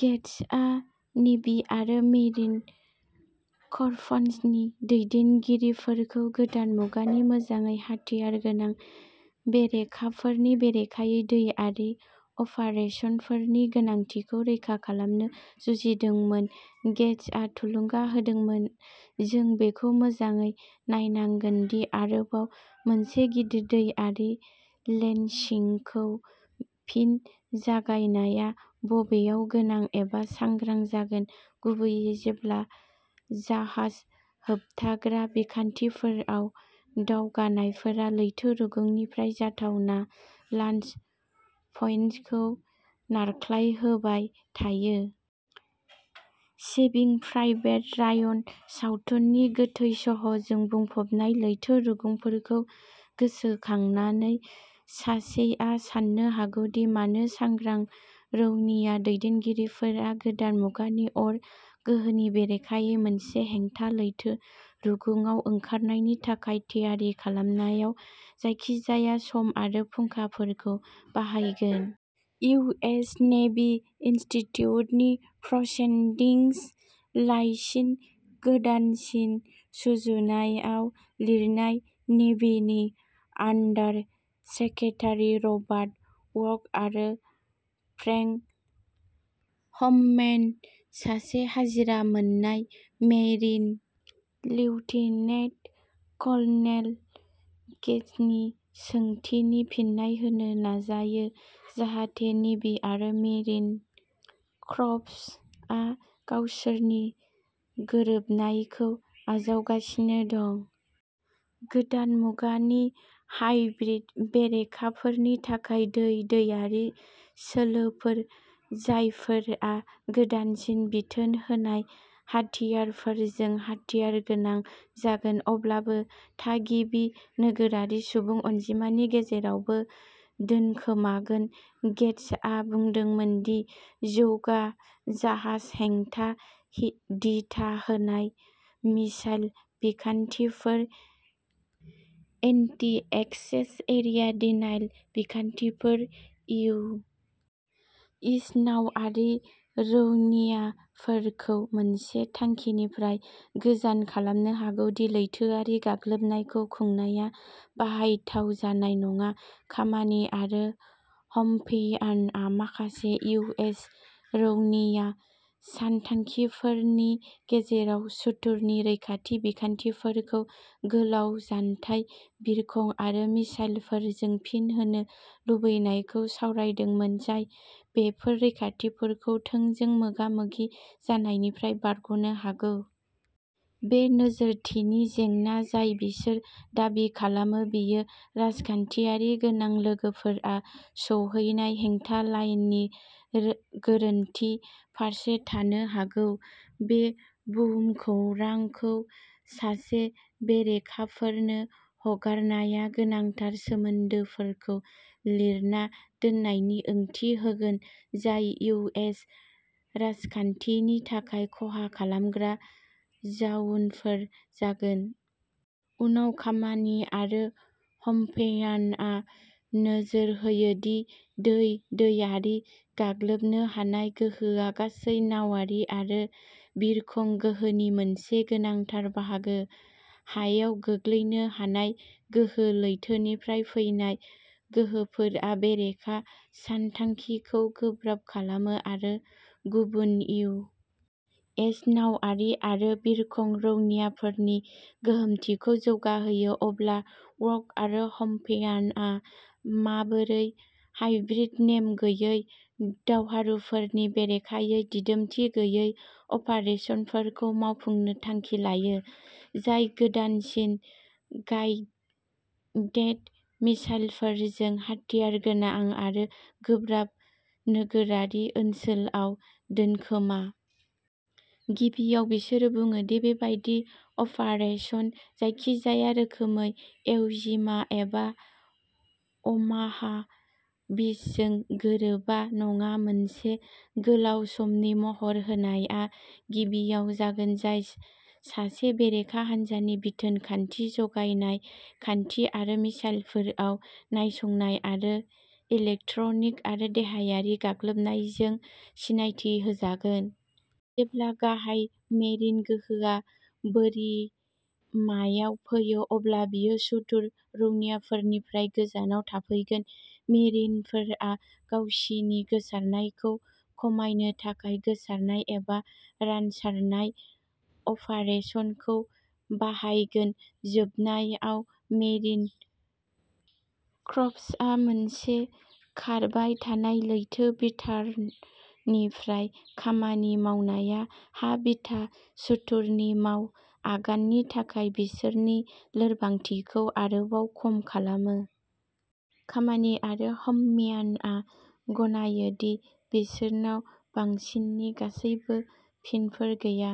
गेट्सआ navy आरो marine कर्प्सनि दैदेनगिरिफोरखौ गोदान मुगानि मोजाङै हाथियार गोनां बेरेखाफोरनि बेरेखायै दैआरि अपारेसनफोरनि गोनांथिखौ रैखा खालामनो जुजिदोंमोन। गेट्सआ थुलुंगा होदोंमोन, जों बेखौ मोजाङै नायनांगोन दि आरोबाव मोनसे गिदिर दैआरि लेन्डिंखौ फिन जागायनाया बबेहाय गोनां एबा सांग्रां जागोन, गुबैयै जेब्ला जाहाज होबथाग्रा बिखान्थिफोराव दावगानायफोरा लैथो रुगुंनिफ्राय जाथावना लञ्च पइन्टखौ नारख्लायहोबाय थायो। सेभिं प्राइभेट रायन सावथुननि गोथै सह'जों बुंफबनाय लैथो रुगुंफोरखौ गोसोखांनानै, सासेआ साननो हागौ दि मानो सांग्रां रौनिया दैदेनगिरिफोरा गोदान मुगानि अर गोहोनि बेरेखायै मोनसे हेंथा लैथो रुगुंआव ओंखारनायनि थाखाय थियारि खालामनायाव जायखिजाया सम आरो फुंखाफोरखौ बाहायगोन। इउ. एस. नेभी इनस्टिट्युटनि प्र'सीडिंग्स लाइसिनि गोदानसिन सुजुनायाव लिरनाय नेभीनि आन्डार सेक्रेटारि रबार्ट वर्क आरो फ्रेंक हफम्यान, सासे आजिरा मोननाय मेरिन लेफ्टिनेन्ट कर्नेलआ गेट्सनि सोंथिनि फिन होनो नाजायो, जाहाते नेभी आरो मेरिन कर्प्सआ गावसोरनि गोरोबहोनायखौ आजावगासिनो दं। गोदान मुगानि "हाइब्रिद" बेरेखाफोरनि थाखाय दै-दैआरि सोलोफोर, जायफोरा गोदानसिन बिथोन होनाय हाथियारफोरजों हाथियारगोनां जागोन, अब्लाबो थागिबि नोगोरारि सुबुं अनजिमानि गेजेरावबो दोनखोमागोन। गेट्सआ बुंदोंमोन दि जौगा जाहाज हेंथा दिथा होनाय मिसाइल बिखान्थिफोर "एन्टी-एक्सेस एरिया डिनायल" बिखान्थिफोर इउ. एस. नावारि रौनियाफोरखौ मोनसे थांखिनिफ्राय गोजान खालामनो हागौ दि लैथोआरि गाग्लोबनायखौ खुंनाया बाहायजाथाव जानाय नङा। खामानि आरो हफम्यानआ माखासे इउ. एस. रौनिया सानथांखिगिरिफोरनि गेजेराव सुथुरनि रैखाथि बिखान्थिफोरखौ गोलाव जानथाय बिरखं आरो मिसाइलफोरजों फिन होनो लुबैनायखौ सावरायदोंमोन, जाय बेफोर रैखाथिफोरखौ थोंजों मोगा-मोगि जानायनिफ्राय बारग'नो हागौ। बे नोजोरथिनि जेंना जाय बिसोर दाबि खालामो बेयो राजखानथियारि गोनां लोगोफोरा सौहैनाय हेंथा लाइननि गोरोन्थि फारसे थानो हागौ। बे भुमखौरांखौ सासे बेरेखाफोरनो हगारनाया गोनांथार सोमोन्दोफोरखौ लिरना दोननायनि ओंथि होगोन, जाय इउ. एस. राजखानथिनि थाखाय खहा खालामग्रा जाउनफोर जागोन। उनाव खामानि आरो हफम्यानआ नोजोर होयो दि दै-दैआरि गाग्लोबनो हानाय गोहोआ गासै नावारि आरो बिरखं गोहोनि मोनसे गोनांथार बाहागो। हायाव गोग्लैनो हानाय गोहो। लैथोनिफ्राय फैनाय गोहोफोरा बेरेखा सानथांखिखौ गोब्राब खालामो आरो गुबुन इउ. एस. नावारि आरो बिरखं रौनियाफोरनि गोहोमथिखौ जौगाहोयो। अब्ला वर्क आरो हफम्यानआ माबोरै "हाइब्रिद" नेम गैयै दावहारुफोरनि बेरेखायै दिदोमथि गैयै अपारेसनफोरखौ मावफुंनो थांखि लायो, जाय गोदानसिन गाइडेड मिसाइलफोरजों हाथियारगोनां आरो गोब्राब नोगोरारि ओनसोलाव दोनखोमा। गिबियाव बिसोरो बुङो दि बेबादि अपारेसनआ जायखिजाया रोखोमै इव'जिमा एबा अमाहा बीचजों गोरोबा नङा। मोनसे गोलाव समनि महर होनायआ गिबियाव जागोन, जाय सासे बेरेखा हान्जानि बिथोन खान्थि, जगायनाय खान्थि आरो मिसाइलफोराव नायसंनाय आरो इलेक्ट्रनिक आरो देहायारि गाग्लोबनायजों सिनायथि होजागोन। जेब्ला गाहाय मेरिन गोहोआ बोरिमायाव फैयो, अब्ला बेयो सुथुर रौनियाफोरनिफ्राय गोजानाव थाफैगोन। मेरिनफोरा गावसिनि गोसारनायखौ खमायनो थाखाय गोसारनाय एबा "रानसारनाय अपारेसन" खौ बाहायगोन। जोबनायाव, मेरिन कर्प्सआ मोनसे खारबाय थानाय लैथो बिथानिफ्राय खामानि मावनाया हा-बिथा सुथुरनि माव आगाननि थाखाय बिसोरनि लोरबांथिखौ आरोबाव खम खालामो। खामानि आरो हफम्यानआ गनायो दि बिसोरनाव बांसिननि गासैबो फिनफोर गैया।